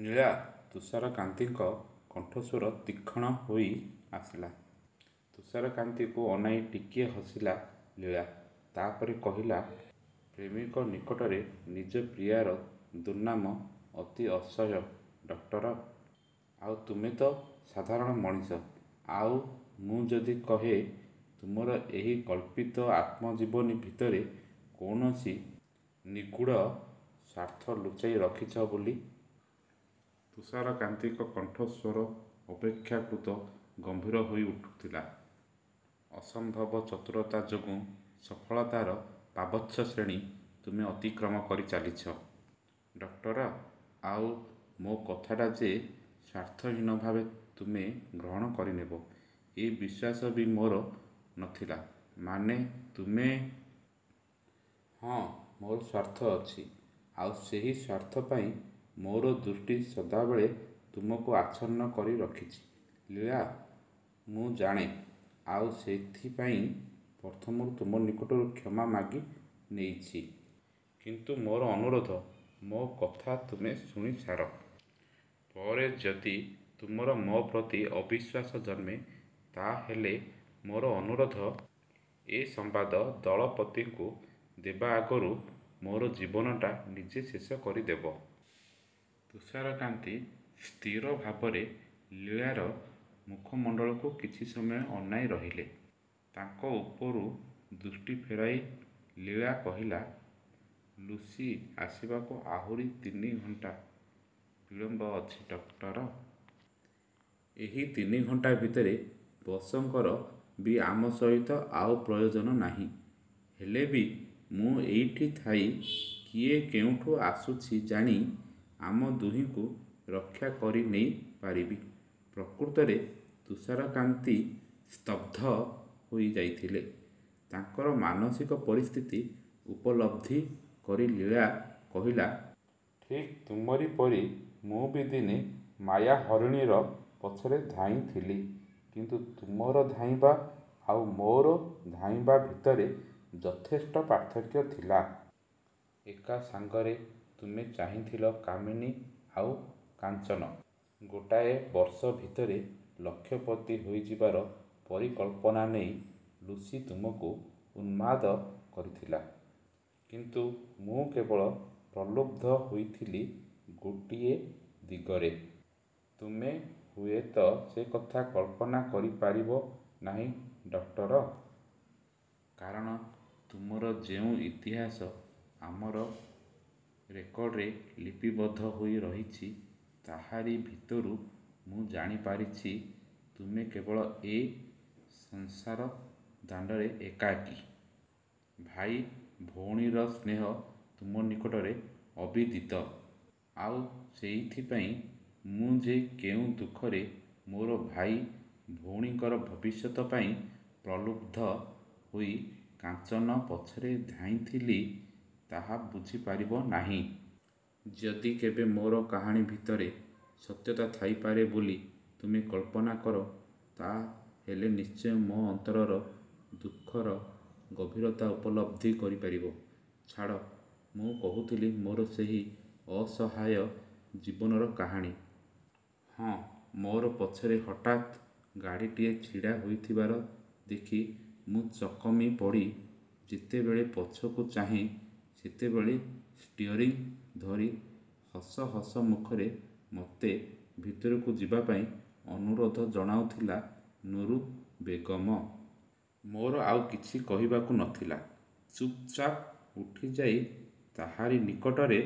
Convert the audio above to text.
ଲୀଳା! ତୁଷାରକାନ୍ତିଙ୍କ କଣ୍ଠସ୍ୱର ତୀକ୍ଷ୍ଣ ହୋଇ ଆସିଲା। ତୁଷାରକାନ୍ତିଙ୍କୁ ଅନାଇ ଟିକିଏ ହସିଲା ଲୀଳା। ତା ପରେ କହିଲା-ପ୍ରେମିକ ନିକଟରେ ନିଜ ପ୍ରିୟାର ଦୁର୍ନାମ ଅତି ଅସହ୍ୟ ଡକ୍ଟର-। ଆଉ ତୁମେ ତ ସାଧାରଣ ମଣିଷ। ଆଉ ମୁଁ ଯଦି କହେଁ; ତୁମର ଏହି କଳ୍ପିତ ଆତ୍ମଜୀବନୀ ଭିତରେ କୌଣସି ନିଗୂଢ଼ ସ୍ୱାର୍ଥ ଲୁଚାଇ ରଖିଛ ବୋଲି? ତୁଷାରକାନ୍ତିଙ୍କ କଣ୍ଠସ୍ୱର ଅପେକ୍ଷାକୃତ ଗମ୍ଭୀର ହୋଇ ଉଠୁଥିଲା। ଅସମ୍ଭବ ଚତୁରତା ଯୋଗୁଁ ସଫଳତାର ପାବଚ୍ଛଶ୍ରେଣୀ ତୁମେ ଅତିକ୍ରମ କରି ଚାଲିଛ; ଡକ୍ଟର। ଆଉ ମୋ କଥାଟା ଯେ ସ୍ୱାର୍ଥହୀନ ଭାବେ ତୁମେ ଗ୍ରହଣ କରିନେବ, ଏ ବିଶ୍ୱାସ ବି ମୋର ନ ଥିଲା। ମାନେ? ତୁମେ ହଁ, ମୋର ସ୍ୱାର୍ଥ ଅଛି। ଆଉ ସେହି ସ୍ୱାର୍ଥ ପାଇଁ ମୋର ଦୃଷ୍ଟି ସଦାବେଳେ ତୁମକୁ ଆଚ୍ଛନ୍ନ କରିରଖିଛି। ଲୀଳା ମୁଁ ଜାଣେ, ଆଉ ସେଇଥିପାଇଁ ପ୍ରଥମରୁ ତୁମ ନିକଟରୁ କ୍ଷମା ମାଗି ନେଇଛି; କିନ୍ତୁ ମୋର ଅନୁରୋଧ, ମୋ କଥା ତୁମେ ଶୁଣି ସାର। ପରେ ଯଦି ତୁମର ମୋ ପ୍ରତି ଅବିଶ୍ୱାସ ଜନ୍ମେ, ତା ହେଲେ ମୋର ଅନୁରୋଧ, ଏ ସମ୍ବାଦ ଦଳପତିଙ୍କୁ ଦେବା ଆଗରୁ ମୋର ଜୀବନଟା ନିଜେ ଶେଷ କରିଦେବ। ତୁଷାରକାନ୍ତି ସ୍ଥିର ଭାବରେ ଲୀଳାର ମୁଖମଣ୍ଡଳକୁ କିଛି ସମୟ ଅନାଇ ରହିଲେ। ତାଙ୍କ ଉପରୁ ଦୃଷ୍ଟି ଫେରାଇ ଲୀଳା କହିଲା-ଲୁସି ଆସିବାକୁ ଆହୁରି ତିନି ଘଣ୍ଟା ବିଳମ୍ବ ଅଛି ଡକ୍ଟର। ଏହି ତିନି ଘଣ୍ଟା ଭିତରେ ବସଙ୍କର ବି ଆମ ସହିତ ଆଉ ପ୍ରୟୋଜନ ନାହିଁ। ହେଲେ ବି ମୁଁ ଏଇଠି ଥାଇ କିଏ କେଉଁଠୁ ଆସୁଛି ଜାଣି, ଆମ ଦୁହିଙ୍କୁ ରକ୍ଷା କରିନେଇ ପାରିବି। ପ୍ରକୃତରେ ତୁଷାରକାନ୍ତି ସ୍ତବ୍ଧ ହୋଇ ଯାଇଥିଲେ। ତାଙ୍କର ମାନସିକ ପରିସ୍ଥିତି ଉପଲବ୍ଧି କରି ଲୀଳା କହିଲା-ଠିକ୍ ତୁମରି ପରି ମୁଁ ବି ଦିନେ ମାୟା ହରିଣୀର ପଛରେ ଧାଇଁଥିଲି; କିନ୍ତୁ ତୁମର ଧାଇଁବା ଆଉ ମୋର ଧାଇଁବା ଭିତରେ ଯଥେଷ୍ଟ ପାର୍ଥକ୍ୟ ଥିଲା। ଏକା ସାଙ୍ଗରେ ତୁମେ ଚାହିଁଥିଲ କାମିନୀ ଆଉ କାଞ୍ଚନ। ଗୋଟାଏ ବର୍ଷ ଭିତରେ ଲକ୍ଷପତି ହୋଇଯିବାର ପରିକଳ୍ପନା ନେଇ ଲୁସି ତୁମକୁ ଉନ୍ମାଦ କରିଥିଲା। କିନ୍ତୁ ମୁଁ କେବଳ ପ୍ରଲୁବ୍ଧ ହୋଇଥିଲି ଗୋଟିଏ ଦିଗରେ। ତୁମେ ହୁଏ ତ ସେ କଥା କଳ୍ପନା କରି ପାରିବ ନାହିଁ ଡକ୍ଟର। କାରଣ ତୁମର ଯେଉଁ ଇତିହାସ ଆମର ରେକର୍ଡରେ ଲିପିବଦ୍ଧ ହୋଇ ରହିଛି, ତାହାରି ଭିତରୁ ମୁଁ ଜାଣିପାରିଛି, ତୁମେ କେବଳ ଏ ସଂସାର ଦାଣ୍ଡରେ ଏକାକୀ। ଭାଇ ଭଉଣୀର ସ୍ନେହ ତୁମ ନିକଟରେ ଅବିଦିତ। ଆଉ ସେଇଥିପାଇଁ ମୁଁ ଯେ କେଉଁ ଦୁଃଖରେ ମୋର ଭାଇ ଭଉଣୀଙ୍କର ଭବିଷ୍ୟତ ପାଇଁ ପ୍ରଲୁବ୍ଧ ହୋଇ କାଞ୍ଚନ ପଛରେ ଧାଇଁଥିଲି, ତାହା ବୁଝିପାରିବ ନାହିଁ। ଯଦି କେବେ ମୋର କାହାଣୀ ଭିତରେ ସତ୍ୟତା ଥାଇପାରେ ବୋଲି ତୁମେ କଳ୍ପନା କର, ତା ହେଲେ ନିଶ୍ଚୟ ମୋ ଅନ୍ତରର ଦୁଃଖର ଗଭୀରତା ଉପଲବ୍ଧି କରିପାରିବ। ଛାଡ଼, ମୁଁ କହୁଥିଲି ମୋର ସେହି। ଅସହାୟ ଜୀବନର କାହାଣୀ। ହଁ, ମୋର ପଛରେ ହଠାତ୍ ଗାଡ଼ିଟିଏ ଛିଡ଼ା ହୋଇଥିବାର ଦେଖି ମୁଁ ଚକମିପଡ଼ି ଯେତେବେଳେ ପଛକୁ ଚାହେଁ, ସେତେବେଳେ ଷ୍ଚିଅରିଂ ଧରି ହସ ହସ ମୁଖରେ ମୋତେ ଭିତରକୁ ଯିବା ପାଇଁ ଅନୁରୋଧ ଜଣାଉଥିଲା ନୁରୁ ବେଗମ। ମୋର ଆଉ କିଛି କହିବାକୁ ନ ଥିଲା। ଚୁପଚାପ୍ ଉଠିଯାଇ ତାହାରି ନିକଟରେ